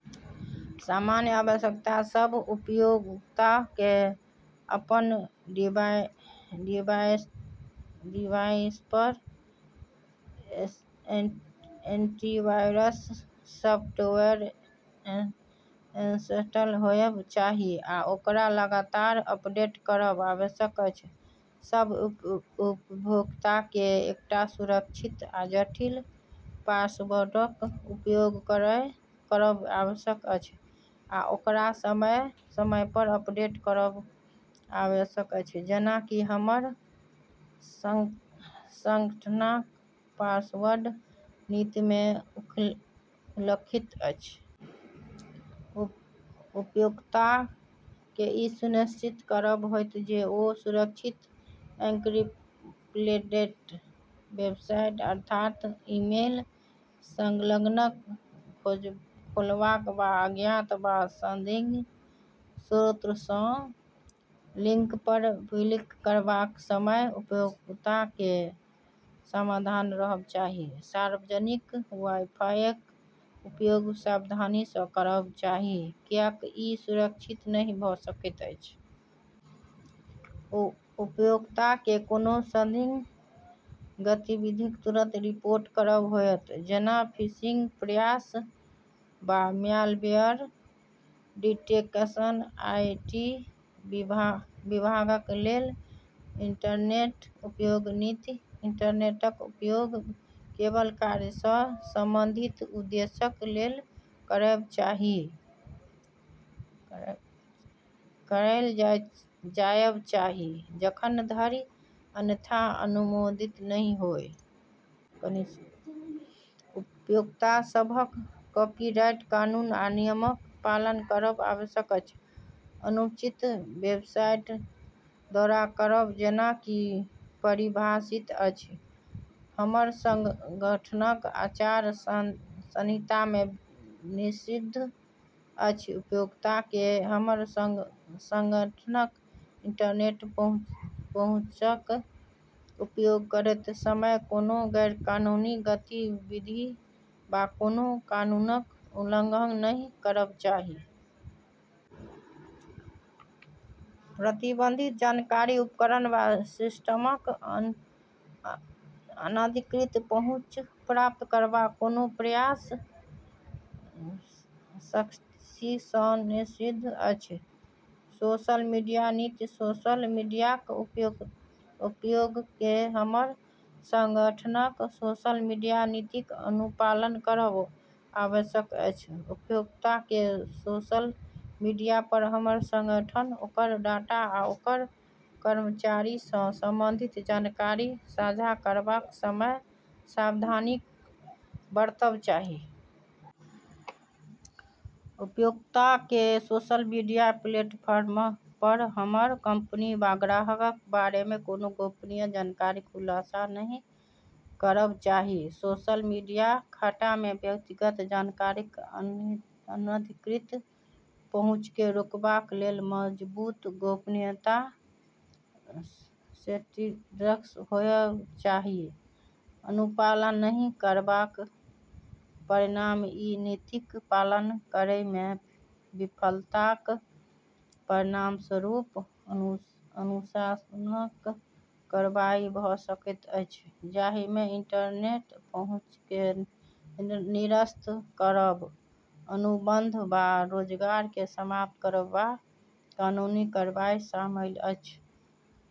सामान्य आवश्यकता सभ उपयोक्ताकेँ अपन डिवाइसपर एन्टीवायरस सफ्टवेयर इन्स्टल होएब चाही, आ ओकरा लगातार अपडेट करब आवश्यक अछि। सभ उपयोक्ताकेँ एकटा सुरक्षित आ जटिल पासवर्डक उपयोग करब आवश्यक अछि आ ओकरा समय-समयपर अपडेट करब आवश्यक अछि जेना कि हमर सङ्गठनक पासवर्ड नीतिमे उल्लिखित अछि। उपयोक्ताकेँ ई सुनिश्चित करब होएत जे ओ सुरक्षित, एन्क्रिप्टेड वेबसाइट (अर्थात) ईमेल संलग्नक खोलबाक वा अज्ञात वा संदिग्ध स्रोतसँ लिङ्कपर क्लिक करबाक समय उपयोक्ताकेँ सावधान रहब चाही। सार्वजनिक वाइफाइक उपयोग सावधानीसँ करब चाही, किएकि ई सुरक्षित नहि भऽ सकैत अछि। उपयोक्ताकेँ कोनो संदिग्ध गतिविधिक तुरंत रिपोर्ट करब होएत, जेना फिशिङ्ग प्रयास वा म्यालवेयर डिटेकसन, आइटी विभागक लेल। इन्टरनेट उपयोग नीति इन्टरनेटक उपयोग केवल कार्यसँ सम्बन्धित उद्देश्यक लेल कएल जाएब चाही, जखन धरि अन्यथा अनुमोदित नहि होय। उपयोक्ताकेँ सभ कपीराइट कानून आ नियमक पालन करब आवश्यक अछि। अनुचित वेबसाइटक दौरा करब, जेना कि परिभाषित अछि, हमर सङ्गठनक आचार संहितामे, निषिद्ध अछि। उपयोक्ताकेँ हमर सङ्गठनक इन्टरनेट पहुँचक उपयोग करैत समय कोनो गैरकानूनी गतिविधि वा कोनो कानूनक उल्लङ्घन नहि करब चाही। प्रतिबन्धित जानकारी, उपकरण, वा सिस्टमक अनधिकृत पहुँच प्राप्त करबाक कोनो प्रयास सख्तीसँ निषिद्ध अछि। सोसल मिडिया नीति सोसल मिडियाक उपयोगकेँ हमर सङ्गठनक सोसल मिडिया नीतिक अनुपालन करब आवश्यक अछि। उपयोक्ताकेँ सोसल मिडियापर हमर सङ्गठन, ओकर डाटा, आ ओकर कर्मचारीसँ सम्बन्धित जानकारी साझा करबाक समय सावधानी बरतब चाही। उपयोक्ताकेँ सोसल मिडिया प्लेटफर्मपर हमर कम्पनी वा ग्राहकक बारेमे कोनो गोपनीय जानकारीक खुलासा नहि करब चाही। सोसल मिडिया खाटामे व्यक्तिगत जानकारीक अनधिकृत पहुँचकेँ रोकबाक लेल मजबुत गोपनीयता सेटिङ्ग्स होएब चाही। अनुपालन नहि करबाक परिणाम ई नीतिक पालन करैमे विफलताक परिणामस्वरूप अनुशासनात्मक कार्रवाई भऽ सकैत अछि, जाहिमे इन्टरनेट पहुँचकेँ निरस्त करब, अनुबन्ध वा रोजगारकेँ समाप्त करब, वा कानूनी कार्रवाई शामिल अछि।